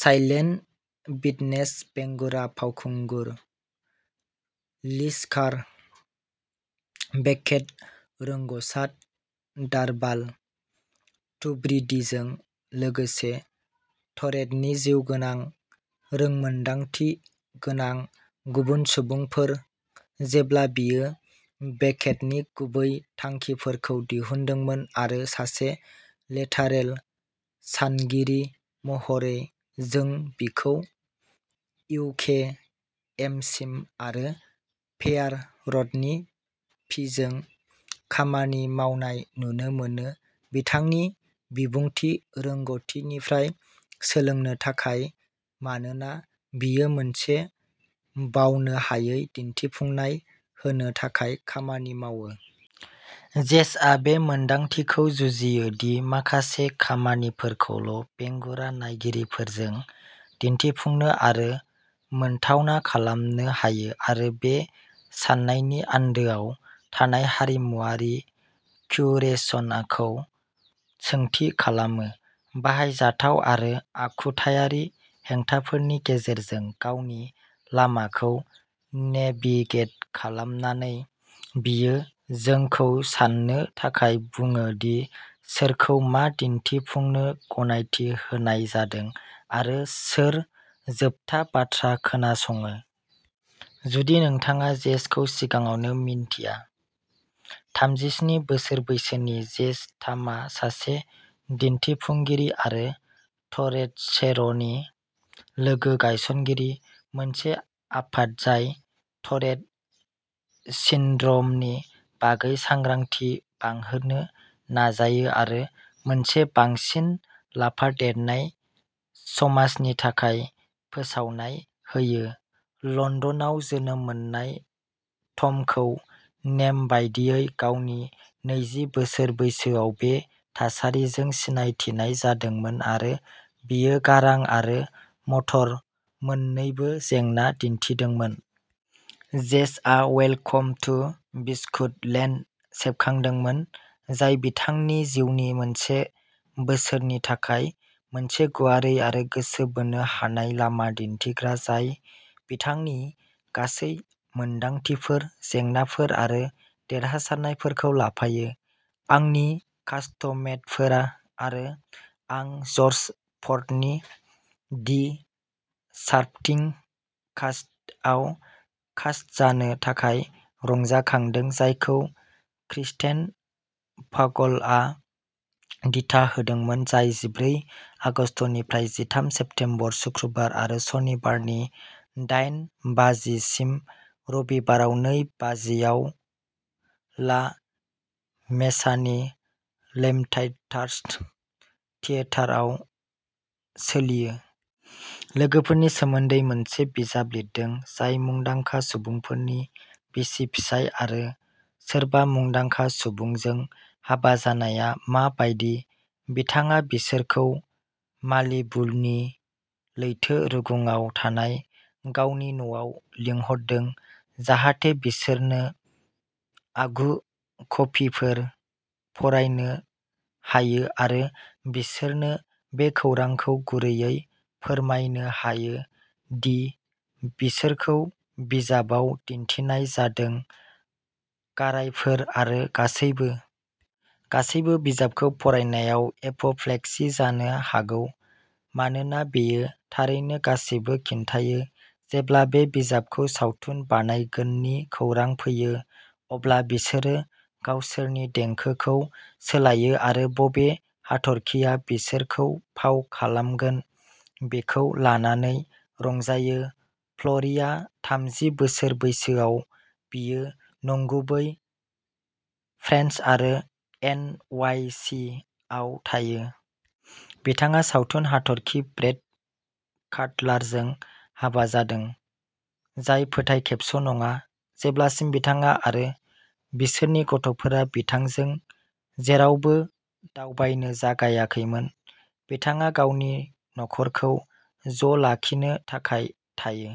Silent Witness बेंगुरा फावखुंगुर Liz Carr, बेकेट रोंग'सा दारभाल टुब्रिडीजों लोगोसे टरेटनि जिउगोनां रोंमोनदांथि गोनां गुबुन सुबुंफोर, जेब्ला बियो बेकेटनि गुबै थांखिफोरखौ दिहुनदोंमोन। आरो सासे लेटारेल सानगिरि महरै जों बिखौ इउके एमसि आरो रेपार रडनि पिजों खामानि मावनाय नुनो मोनो, बिथांनि बिबुंथि रोंग'थिनिफ्राय सोलोंनो थाखाय, मानोना बियो मोनसे बावनो हायै दिन्थिफुंनाय होनो थाखाय खामानि मावो। जेसआ बे मोनदांथिखौ जुजियो दि माखासे खामानिफोरखौल' बेंगुरा नायगिरिफोरजों दिन्थिफुंनो आरो मोनथावना खालामनो हायो आरो बे साननायनि आन्दोआव थानाय हारिमुआरि क्यूरेशनखौ सोंथि खालामो। बाहायजाथाव आरो आखुथायारि हेंथाफोरनि गेजेरजों गावनि लामाखौ नेभिगेट खालामनानै, बियो जोंखौ सान्नो थाखाय बुङो दि सोरखौ मा दिन्थिफुंनो गनायथि होनाय जादों आरो सोर जोबथा बाथ्रा खोनासङो। जुदि नोंथाङा जेसखौ सिगाङावनो मिन्थिया थामजिस्नि बोसोर बैसोनि जेस थमआ सासे दिन्थिफुंगिरि आरो टरेटशेर'नि लोगो-गायसनगिरि, मोनसे आफाद जाय टरेट सिन्ड्रमनि बागै सांग्रांथि बांहोनो नाजायो आरो मोनसे बांसिन लाफादेरनाय समाजनि थाखाय फोसावथाय होयो। लण्डनाव जोनोम मोननाय थ'मखौ नेम बायदियै गावनि नैजि बोसोर बैसोआव बे थासारिजों सिनायथिनाय जादोंमोन आरो बियो गारां आरो मटर मोन्नैबो जेंना दिन्थिदोंमोन। जेसआ वेलकम टु बिस्कुट लेन्ड सेबखांदोंमोन, जाय बिथांनि जिउनि मोनसे बोसोरनि थाखाय मोनसे गुवारै आरो गोसो बोनो हानाय लामा दिन्थिग्रा, जाय बिथांनि गासै मोनदांथिफोर, जेंनाफोर आरो देरहासारनायफोरखौ लाफायो। आंनि कास्टमेटफोर आरो आं जर्ज फर्थनि दि साप'र्टिं कास्टआव कास्ट जानो थाखाय रंजाखांदों, जायखौ क्रिस्टेन फगलआ दिथा होदोंमोन, जाय जिब्रै आगस्तनिफ्राय जिथाम सेप्तेम्बर शुक्रबार आरो सनिबारनि डाइन बाजिसिम, रबिबारआव नै बाजिआव ला मेसानि लैम्प्लाइटार्स थियेटारआव सोलियो। लोगोफोरनि सोमोन्दै मोनसे बिजाब लिरदों, जाय मुंदांखा सुबुंफोरनि बिसि-फिसाय आरो सोरबा मुंदांखा सुबुंजों हाबा जानाया मा बायदि। बिथाङा बिसोरखौ मालिबुनि लैथो रुगुंआव थानाय गावनि न'आव लिंहरदों, जाहाथे बिसोरनो आगु कपिफोर फरायनो हायो आरो बिसोरनो बे खौरांखौ गुरैयै फोरमायनो हायो दि बिसोरखौ बिजाबाव दिन्थिनाय जादों, गारायफोर आरो गासैबो। गासैबो बिजाबखौ फरायनायाव एप'प्लेक्सि जानो हागौ मानोना बेयो थारैनो गासिबो खिन्थायो। जेब्ला बे बिजाबखौ सावथुन बानायगोननि खौरां फैयो, अब्ला बिसोरो गावसोरनि देंखोखौ सोलायो आरो बबे हाथरखिआ बिसोरखौ फाव खालामगोन बेखौ लानानै रंजायो। फ्ल'रिआ थामजि बोसोर बैसोआव बियो नंगुबै, फ्रेन्स आरो एन वाइ सि आव थायो। बिथाङा सावथुन हाथरखि ब्रेड काटलारजों हाबा जादों, जाय फोथाय खेबस' नङा, जेब्लासिम बिथाङा आरो बिसोरनि गथ'फोरा बिथांजों जेरावबो दावबायनो जागायाखैमोन। बिथाङा गावनि नखरखौ ज' लाखिनो थाखाय थायो।